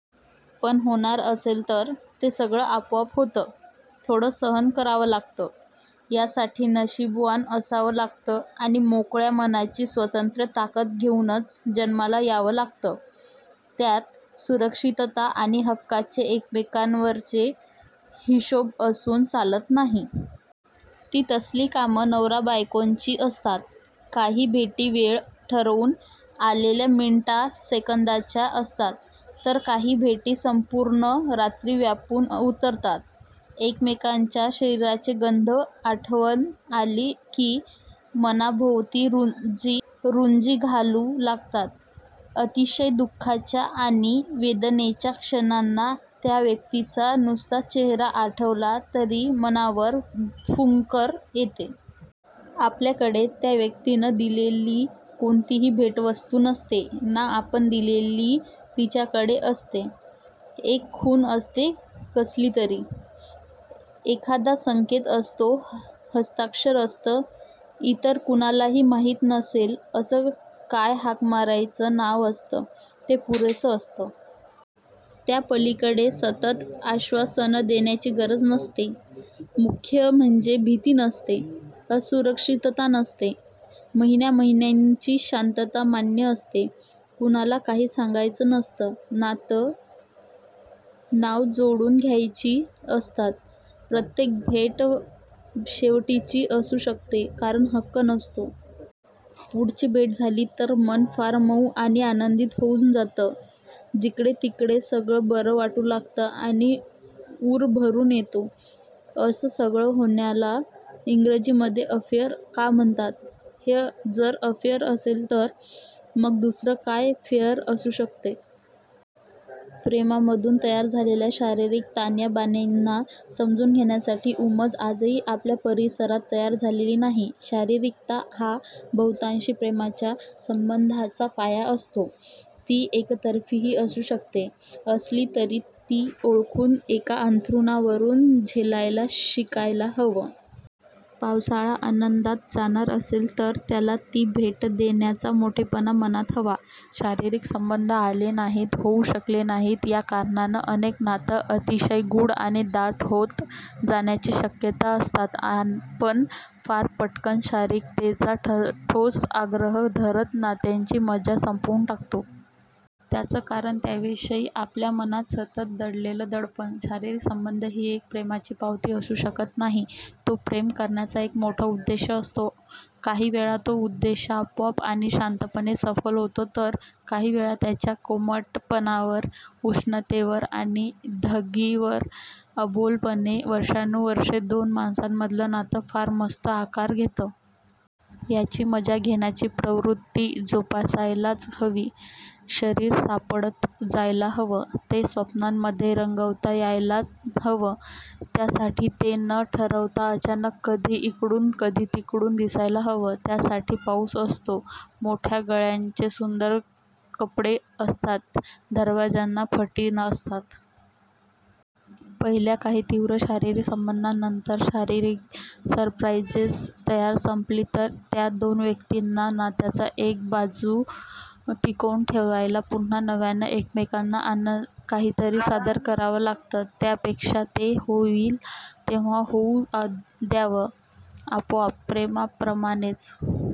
पण होणार असेल तर ते सगळं आपोआप होतं. थोडं सहन करावं लागतं. यासाठी नशीबवान असावं लागतं आणि मोकळ्या मनाची स्वतंत्र ताकद घेऊनच जन्माला यावं लागतं. त्यात सुरक्षितता आणि हक्काचे एकमेकांवरचे हिशोब असून चालत नाही. ती तसली कामं नवराबायकोंची असतात. काही भेटी वेळ ठरवून आलेल्या मिनिटासेकंदाच्या असतात, तर काही भेटी संपूर्ण रात्री व्यापून उरतात. एकमेकांच्या शरीराचे गंध आठवण आली की मनाभोवती रुंजी घालू लागतात. अतिशय दुःखाच्या आणि वेदनेच्या क्षणांना त्या व्यक्तीचा नुसता चेहरा आठवला तरी मनावर फुंकर येते. आपल्याकडे त्या व्यक्तीनं दिलेली कोणतीही भेटवस्तू नसते, ना आपण दिलेली तिच्याकडे असते. एक खूण असते कसलीतरी. एखादा संकेत असतो. हस्ताक्षर असतं. इतर कुणालाही माहीत नसेल असं हाक मारायचं नाव असतं. ते पुरेसं असतं. त्या पलीकडे सतत आश्वासनं देण्याची गरज नसते. मुख्य म्हणजे भीती नसते. असुरक्षितता नसते. महिन्या महिन्यांची शांतता मान्य असते. कुणाला काही सांगायचं नसतं. नातं नावं जोडून घ्यायची नसतात. प्रत्येक भेट शेवटची असू शकते. कारण हक्क नसतो. पुढची भेट झाली तर मन फार मऊ आणि आनंदी होऊन जातं. जिकडे तिकडे सगळं बरं वाटू लागतं आणि ऊर भरून येतो. असं सगळं होण्याला इंग्रजीमध्ये अफेअर का म्हणतात? हे जर अफेअर नसेल तर मग दुसरं काय फेअर असू शकतं? प्रेमामधून तयार झालेल्या शारीरिक ताण्याबाण्यांना समजून घेण्याची उमज आजही आपल्या परिसरात तयार झालेली नाही. शारीरिकता हा बहुतांशी प्रेमाच्या संबंधाचा पाया असतो. ती एकतर्फीही असू शकते. असली तरी ती ओळखून एका अंतरावरून झेलायला शिकायला हवं. पावसाळा आनंदात जाणार असेल तर त्याला ती भेट देण्याचा मोठेपणा मनात हवा. शारीरिक संबंध आले नाहीत, होऊ शकले नाहीत या कारणानं अनेक नाती अतिशय गूढ आणि दाट होत जाण्याची शक्यता असताना आपण फार पटकन शारीरिकतेचा ठोस आग्रह धरत नात्यांची मजा संपवून टाकतो. याचं कारण त्याविषयी आपल्या मनात सतत असलेलं दडपण. शारीरिक संबंध ही प्रेमाची पावती असू शकत नाही. तो प्रेम करण्याचा एक मोठा उद्देश असतो. काही वेळा तो उद्देश आपोआप आणि शांतपणे सफल होतो तर काही वेळा त्याच्या कोमटपणावर, उष्णतेवर आणि धगीवर अबोलपणे वर्षानुवर्षं दोन माणसांमधलं नातं फार मस्त आकार घेतं. याची मजा घेण्याची प्रवृत्ती जोपासायलाच हवी. शरीर सापडत जायला हवं. ते स्वप्नांमध्ये रंगवता यायला हवं. त्यासाठी ते न ठरवता अचानक कधी इकडून कधी तिकडून दिसायला हवं. त्यासाठी पाऊस असतो, मोठ्या गळ्यांचे सुंदर कपडे असतात, दरवाज्यांच्या फटी असतात. पहिल्या काही तीव्र शारीरिक संबंधांनंतर, शरीराची सरप्राईझेस जर संपली तर त्या दोन व्यक्तींना नात्याचा बाजू टिकवून ठेवायला पुन्हा नव्यानं एकमेकांना काहीतरी सादर करावं लागतं. त्यापेक्षा ते होईल तेव्हा होऊ द्यावं. आपोआप. प्रेमा प्रमाणेच